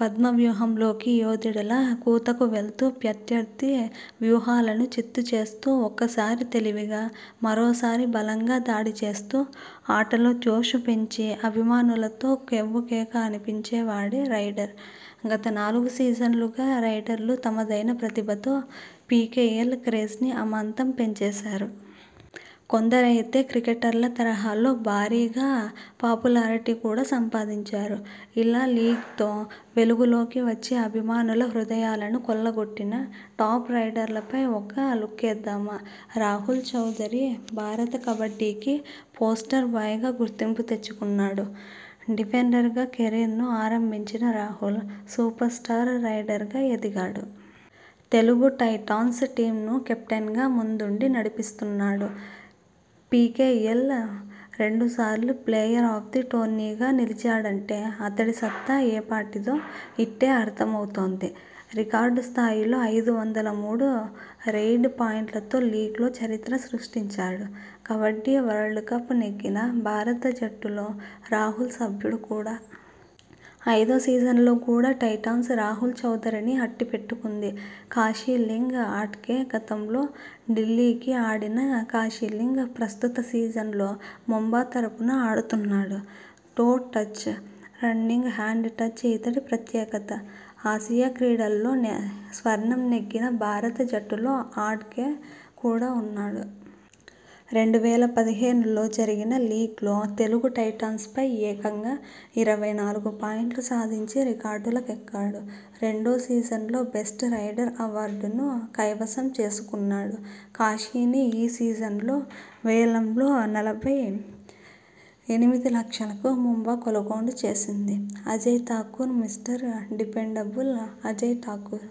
పద్మవ్యూహంలోకి యోధుడిలా కూతకు వెళ్తూ ప్రత్యర్థి వ్యూహాలను చిత్తు చేస్తూ ఒక్కసారి తెలివిగా మరోసారి బలంగా దాడి చేస్తూ ఆటలో జోష్ పెంచి అభిమానులతో కెవ్వు కేక అనిపించే వాడే రైడర్! గత నాలుగు సీజన్లుగా రైడర్లు తమదైన ప్రతిభతో పీకేఎల్ క్రేజ్ని అమాంతం పెంచేశారు. కొందరైతే క్రికెటర్ల తరహాలో భారీగా పాపులారిటీ కూడా సంపాదించారు. ఇలా లీగ్తో వెలుగులోకి వచ్చి అభిమానుల హృదయాలను కొల్లగొట్టిన టాప్ రైడర్లపై ఓ లుక్కేద్దామా! రాహుల్ చౌదరి భారత కబడ్డీకి పోస్టర్ బాయ్గా గుర్తింపు తెచ్చుకున్నాడు. డిఫెండర్గా కెరీర్ను ఆరంభించిన రాహుల్.. సూపర్ స్టార్ రైడర్గా ఎదిగాడు. తెలుగు టైటాన్స్ టీమ్ను కెప్టెన్గా ముందుండి నడిపిస్తున్నాడు. పీకేఎల్లో రెండుసార్లు ప్లేయర్ ఆఫ్ ది టోర్నీగా నిలిచాడంటే అతడి సత్తా ఏపాటిదో ఇట్టే అర్థమ వుతోంది. రికార్డు స్థాయిలో ఐదు వందల మూడు రెయిడ్ పాయింట్లతో లీగ్లో చరిత్ర సృష్టించాడు. కబడ్డీ వరల్డ్కప్ నెగ్గిన భారత జట్టులో రాహుల్ సభ్యుడు కూడా. ఐదో సీజన్లో కూడా టైటాన్స్ రాహుల్ చౌదరిని అట్టి పెట్టుకుంది. కాశీలింగ్ అడ్కే గతంలో ఢిల్లీకి ఆడిన కాశీలింగ్.. ప్రస్తుత సీజన్లో ముంబా తరఫున ఆడుతున్నాడు. Toe touch, running hand touch ఇతడి ప్రత్యేకత. ఆసియా క్రీడల్లో నే స్వర్ణం నెగ్గిన భారత జట్టులో అడ్కే కూడా ఉన్నాడు. రెండు వేల పదిహేనులో జరిగిన లీగ్లో తెలుగు టైటాన్స్పై ఏకంగా ఇరవై నాలుగు పాయింట్లు సాధించి రికార్డులకెక్కాడు. రెండో సీజన్లో బెస్ట్ రైడర్ అవార్డును కైవసం చేసుకున్నాడు. కాశీని ఈ సీజన్ లో వేలంలో నలభై ఎనిమిది లక్షలకు ముంబా కొనుగోలు చేసింది. Ajay Thakur mister dependable Ajay Thakur.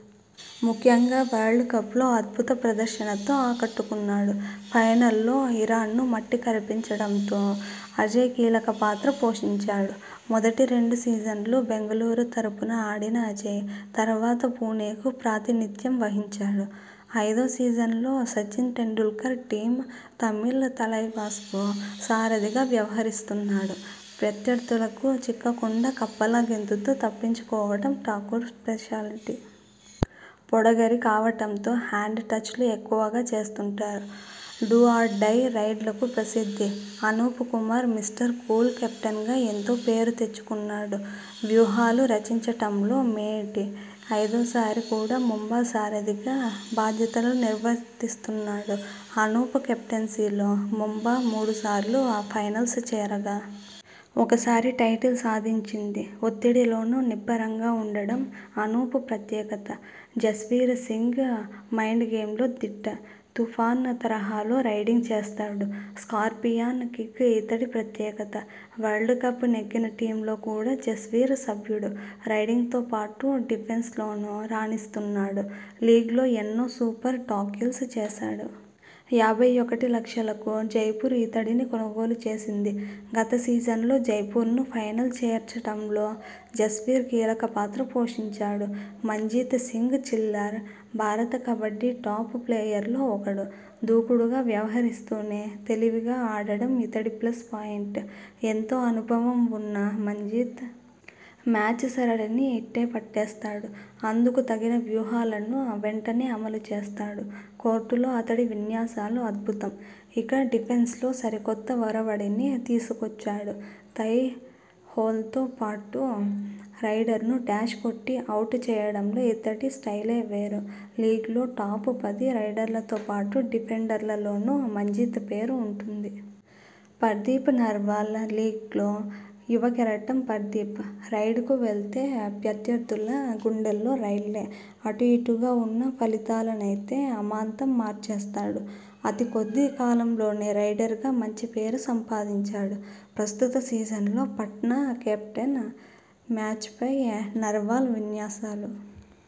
ముఖ్యంగా వరల్డ్కప్లో అద్భుత ప్రదర్శనతో ఆకట్టుకున్నాడు. ఫైనల్లో ఇరాన్ను మట్టి కరిపించడంలో అజయ్ కీలకపాత్ర పోషించాడు. మొదటి రెండు సీజన్లు బెంగళూరు తరఫున ఆడిన అజయ్.. తర్వాత పుణెకు ప్రాతినిధ్యం వహించాడు. ఐదో సీజన్లో సచిన్ టెండూల్కర్ టీమ్ తమిళ్ తలైవాస్కు సారథిగా వ్యవహరిస్తున్నాడు. ప్రత్యర్థులకు చిక్కకుండా కప్పలా గెంతుతూ తప్పించుకోవడం ఠాకూర్ స్పెషాలిటీ. పొడగరి కావడంతో హ్యాండ్ టచ్లు ఎక్కువగా చేస్తుంటాడు. డూ ఆర్ డై రైడ్లకు ప్రసిద్ధి. అనూప్ కుమార్ మిస్టర్ కూల్ కెప్టెన్గా ఎంతో పేరు తెచ్చుకున్నాడు. వ్యూహాలు రచించడంలో మేటి. ఐదోసారి కూడా ముంబా సారథిగా బాధ్యతలు నిర్వర్తిస్తున్నాడు. అనూప్ కెప్టెన్సీలో ముంబా మూడుసార్లు ఫైనల్స్ చేరగా.. ఒకసారి టైటిల్ సాధించింది. ఒత్తిడిలోనూ నిబ్బరంగా ఉండడం అనూప్ ప్రత్యేకత. జస్వీర్ సింగ్ మైండ్గేమ్లో దిట్ట. తుఫాన్ తరహాలో రైడింగ్ చేస్తాడు. స్కార్పియాన్ కిక్ ఇతడి ప్రత్యేకత. వరల్డ్కప్ నెగ్గిన టీమ్లో కూడా జస్వీర్ సభ్యుడు. రైడింగ్తోపాటు డిఫెన్స్లోనూ రాణిస్తున్నాడు. లీగ్లో ఎన్నో సూపర్ టాకిల్స్ చేశాడు. యాభై ఒకటి లక్షలకు జైపూర్ ఇతడిని కొనుగోలు చేసింది. గత సీజన్లో జైపూర్ను ఫైనల్ చేర్చడంలో జస్వీర్ కీలకపాత్ర పోషించాడు. మంజీత్ సింగ్ చిల్లార్ భారత కబడ్డీ టాప్ ప్లేయర్లలో ఒకడు. దూకుడుగా వ్యవహరిస్తూనే.. తెలివిగా ఆడడం ఇతడి ప్లస్ పాయింట్. ఎంతో అనుభవం ఉన్న మంజీత్.. మ్యాచ్ సరళిని ఇట్టే పట్టేస్తాడు. అందుకు తగిన వ్యూహాలను వెంటనే అమలు చేస్తాడు. కోర్టులో అతడి విన్యాసాలు అద్భుతం. ఇక డిఫెన్స్లో సరికొత్త ఒరవడిని తీసుకొచ్చాడు. థై హోల్డ్తోపాటు రైడర్ను డాష్ కొట్టి అవుట్ చేయడంలో ఇతడి స్టైలే వేరు. లీగ్లో టాప్-పది రైడర్లతోపాటు డిఫెండర్లలోనూ మంజీత్ పేరు ఉంటుంది. పర్దీప్ నర్వాల్ లీగ్లో యువకెరటం పర్దీప్. రైడ్కు వెళ్తే ప్రత్యర్థుల గుండెల్లో రైళ్లే. అటుఇటూగా ఉన్న ఫలితాలనైతే అమాంతం మార్చేస్తాడు. అతి కొద్ది కాలంలోనే రైడర్గా మంచి పేరు సంపాదించాడు. ప్రస్తుత సీజన్లో పట్నా కెప్టెన్. మ్యాచ్పై నర్వాల్ విన్యాసాలు